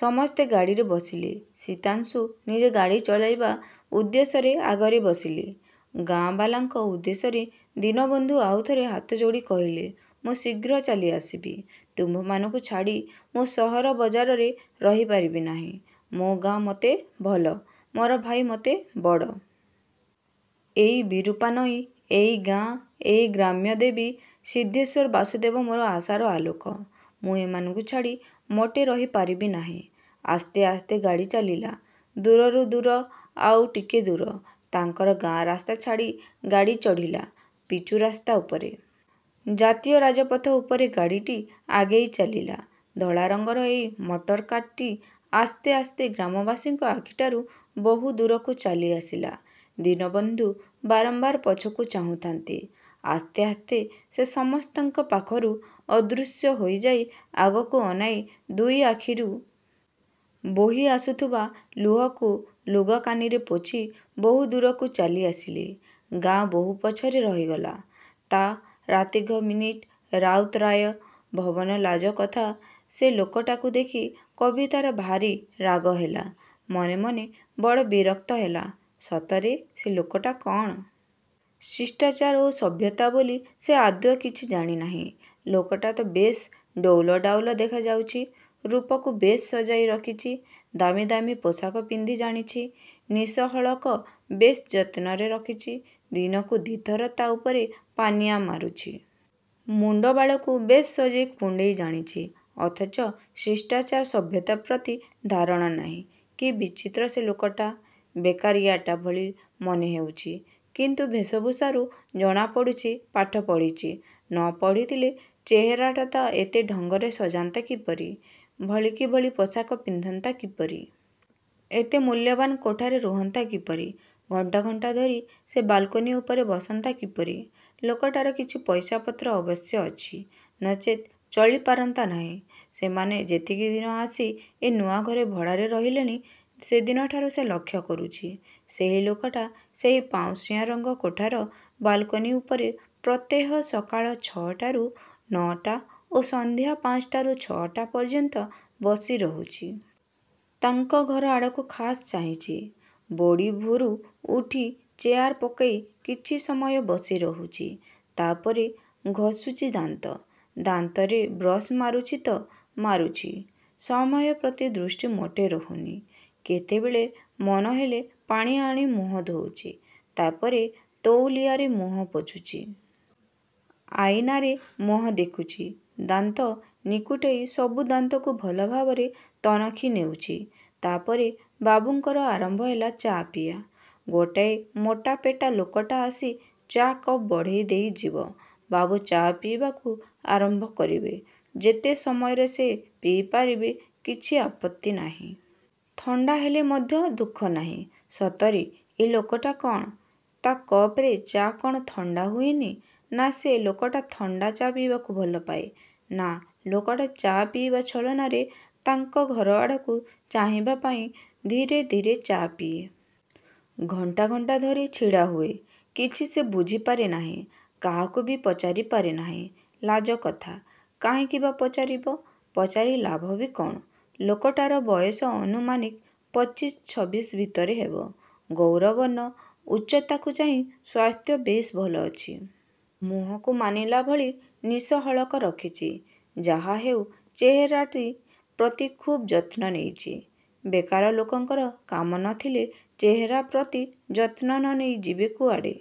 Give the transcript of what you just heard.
ସମସ୍ତେ ଗାଡ଼ିରେ ବସିଲେ। ଶୀତାଂଶୁ ନିଜେ ଗାଡ଼ି ଚଲାଇବା ଉଦ୍ଦେଶ୍ୟରେ ଆଗରେ ବସିଲେ। ଗାଁବାଲାଙ୍କ ଉଦ୍ଦେଶ୍ୟରେ ଦୀନବନ୍ଧୁ ଆଉଥରେ ହାତ ଯୋଡ଼ି କହିଲେ, ''ମୁଁ ଶୀଘ୍ର ଚାଲି ଆସିବି। ତୁମ୍ଭମାନଙ୍କୁ ଛାଡ଼ି ମୁଁ ସହର ବଜାରରେ ରହିପାରିବି ନାହିଁ। ମୋ ଗାଁ ମୋତେ ଭଲ। ମୋର ଭାଇ ମୋତେ ବଡ଼। ଏଇ ବିରୂପା ନଈ, ଏଇ ଗାଁ, ଏଇ ଗ୍ରାମ୍ୟ ଦେବୀ, ସିଦ୍ଧେଶ୍ୱର ବାସୁଦେବ ମୋର ଆଶାର ଆଲୋକ। ମୁଁ ଏମାନଙ୍କୁ ଛାଡ଼ି ମୋଟେ ରହି ପାରିବି ନାହିଁ। '' ଆସ୍ତେ ଆସ୍ତେ ଗାଡ଼ି ଚାଲିଲା। ଦୂରରୁ ଦୂର, ଆଉ ଟିକେ ଦୂର। ତାଙ୍କର ଗାଁ ରାସ୍ତା ଛାଡ଼ି ଗାଡ଼ି ଚଢ଼ିଲା ପିଚୁ ରାସ୍ତା ଉପରେ। ଜାତୀୟ ରାଜପଥ ଉପରେ ଗାଡ଼ିଟି ଆଗେଇ ଚାଲିଲା। ଧଳା ରଙ୍ଗର ଏଇ ମଟର କାର୍ଟି ଆସ୍ତେ ଆସ୍ତେ ଗ୍ରାମବାସୀଙ୍କ ଆଖିଠାରୁ ବହୁ ଦୂରକୁ ଚାଲିଆସିଲା। ଦୀନବନ୍ଧୁ ବାରମ୍ୱାର ପଛକୁ ଚାହୁଁଥାନ୍ତି। ଆସ୍ତେ ଆସ୍ତେ ସେ ସମସ୍ତଙ୍କ ପାଖରୁ ଅଦୃଶ୍ୟ ହୋଇଯାଇ ଆଗକୁ ଅନାଇ ଦୁଇ ଆଖିରୁ। ବୋହି ଆସୁଥିବା ଲୁହକୁ ଲୁଗାକାନିରେ ପୋଛି ବହୁ ଦୂରକୁ ଚାଲିଆସିଲେ, ଗାଁ ବହୁ ପଛରେ ରହିଗଲା। ତା। ରାତି ଘ ମିନିଟ୍ ରାଉତରାୟ ଭବନ ଲାଜ କଥା ସେ ଲୋକଟାକୁ ଦେଖି କବିତାର ଭାରି ରାଗହେଲା। ମନେ ମନେ ବଡ଼ ବିରକ୍ତ ହେଲା। ସତରେ ସେ ଲୋକଟା କ'ଣ? ଶିଷ୍ଟାଚାର ଓ ସଭ୍ୟତା ବୋଲି ସେ ଆଦୌ କିଛି ଜାଣିନାହିଁ। ଲୋକଟା ତ ବେଶ୍ ଡଉଲ ଡାଉଲ ଦେଖାଯାଉଛି। ରୂପକୁ ବେଶ୍ ସଜାଇ ରଖିଛି। ଦାମି ଦାମି ପୋଷାକ ପିନ୍ଧି ଜାଣିଛି। ନିଶହଳକ ବେଶ୍ ଯତ୍ନରେ ରଖିଛି। ଦିନକୁ ଦି' ଥର ତା' ଉପରେ ପାନିଆ ମାରୁଛି। ମୁଣ୍ଡ ବାଳକୁ ବେଶ୍ ସଜେଇ କୁଣ୍ଡେଇ ଜାଣିଛି। ଅଥଚ ଶିଷ୍ଟାଚାର ସଭ୍ୟତା ପ୍ରତି ଧାରଣା ନାହିଁ। କି ବିଚିତ୍ର ସେ ଲୋକଟା, ବେକାରିଆଟା ଭଳି ମନେ ହେଉଛି। କିନ୍ତୁ ବେଶଭୂଷାରୁ ଜଣାପଡ଼ୁଛି, ପାଠ ପଢ଼ିଛି। ନ ପଢ଼ିଥିଲେ ଚେହେରାଟା ଏତେ ଢଙ୍ଗରେ ସଜାନ୍ତା କିପରି? ଭଳିକି ଭଳି ପୋଷାକ ପିନ୍ଧନ୍ତା କିପରି? ଏତେ ମୂଲ୍ୟବାନ୍ କୋଠାରେ ରୁହନ୍ତା କିପରି? ଘଣ୍ଟା ଘଣ୍ଟା ଧରି ସେ ବାଲକୋନି ଉପରେ ବସନ୍ତା କିପରି? ଲୋକଟାର କିଛି ପଇସାପତ୍ର ଅବଶ୍ୟ ଅଛି। ନଚେତ୍ ଚଳିପାରନ୍ତା ନାହିଁ। ସେମାନେ ଯେତିକି ଦିନ ଆସି ଏ ନୂଆ ଘରେ ଭଡ଼ାରେ ରହିଲେଣି, ସେଦିନଠାରୁ ସେ ଲକ୍ଷ୍ୟ କରୁଛି, ସେହି ଲୋକଟା ସେହି ପାଉଁଶିଆ ରଙ୍ଗ କୋଠାର ବାଲକୋନି ଉପରେ ପ୍ରତ୍ୟେହ ସକାଳ ଛଅଟାରୁ ନଅଟା ଓ ସନ୍ଧ୍ୟା ପାଞ୍ଚଟାରୁ ଛଅଟା ପର୍ଯ୍ୟନ୍ତ ବସି ରହୁଛି। ତାଙ୍କ ଘରଆଡ଼କୁ ଖାସ୍ ଚାହିଁଛି। ବଡ଼ିଭୋରୁ ଉଠି ଚେୟାର ପକେଇ କିଛି ସମୟ ବସି ରହୁଛି। ତା'ପରେ ଘଷୁଛି ଦାନ୍ତ। ଦାନ୍ତରେ ବ୍ରସ୍ ମାରୁଛି ତ ମାରୁଛି। ସମୟ ପ୍ରତି ଦୃଷ୍ଟି ମୋଟେ ରହୁନି। କେତେବେଳେ ମନହେଲେ ପାଣିଆଣି ମୁହଁ ଧୋଉଛି। ତା'ପରେ ତଉଲିଆରେ ମୁହଁ ପୋଛୁଛି। ଅଇନାରେ ମୁହଁ ଦେଖୁଛି। ଦାନ୍ତ ନିକୁଟେଇ ସବୁ ଦାନ୍ତକୁ ଭଲଭାବରେ ତନଖି ନେଉଛି। ତା'ପରେ ବାବୁଙ୍କର ଆରମ୍ଭ ହେଲା ଚା' ପିଆ। ଗୋଟାଏ ମୋଟା ପେଟା ଲୋକଟା ଆସି ଚା' କପ୍ ବଢ଼େଇଦେଇ ଯିବ। ବାବୁ ଚା' ପିଇବାକୁ ଆରମ୍ଭ କରିବେ। ଯେତେ ସମୟରେ ସେ ପିଇପାରିବେ କିଛି ଆପତ୍ତି ନାହିଁ। ଥଣ୍ଡା ହେଲେ ମଧ୍ୟ ଦୁଃଖ ନାହିଁ। ସତରେ ଏ ଲୋକଟା କ'ଣ? ତା' କପରେ ଚା' କ'ଣ ଥଣ୍ଡା ହୁଏନି? ନା, ସେ ଲୋକଟା ଥଣ୍ଡା ଚା' ପିଇବାକୁ ଭଲପାଏ, ନା, ଲୋକଟା ଚା' ପିଇବା ଛଳନାରେ ତାଙ୍କ ଘରଆଡ଼କୁ ଚାହିଁବାପାଇଁ ଧୀରେ ଧୀରେ ଚା' ପିଏ। ଘଣ୍ଟା ଘଣ୍ଟା ଧରି ଛିଡ଼ା ହୁଏ। କିଛି ସେ ବୁଝିପାରେ ନାହିଁ। କାହାକୁ ବି ପଚାରି ପାରେ ନାହିଁ, ଲାଜକଥା। କାହିଁକି ବା ପଚାରିବ? ପଚାରି ଲାଭ ବି କ'ଣ? ଲୋକଟାର ବୟସ ଅନୁମାନିକ ପଚିଶ, ଛବିଶ ଭିତରେ ହେବ। ଗୌର ବର୍ଣ୍ଣ, ଉଚ୍ଚତାକୁ ଚାହିଁ ସ୍ୱାସ୍ଥ୍ୟ ବେଶ୍ ଭଲ ଅଛି। ମୁହଁକୁ ମାନିଲା ଭଳି ନିଶ ହଳକ ରଖିଛି। ଯାହା ହେଉ ଚେହେରାଟି ପ୍ରତି ଖୁବ୍ ଯତ୍ନ ନେଇଛି। ବେକାର ଲୋକଙ୍କର କାମ ନ ଥିଲେ ଚେହେରା ପ୍ରତି ଯତ୍ନ ନ ନେଇ ଯିବେ କୁଆଡ଼େ।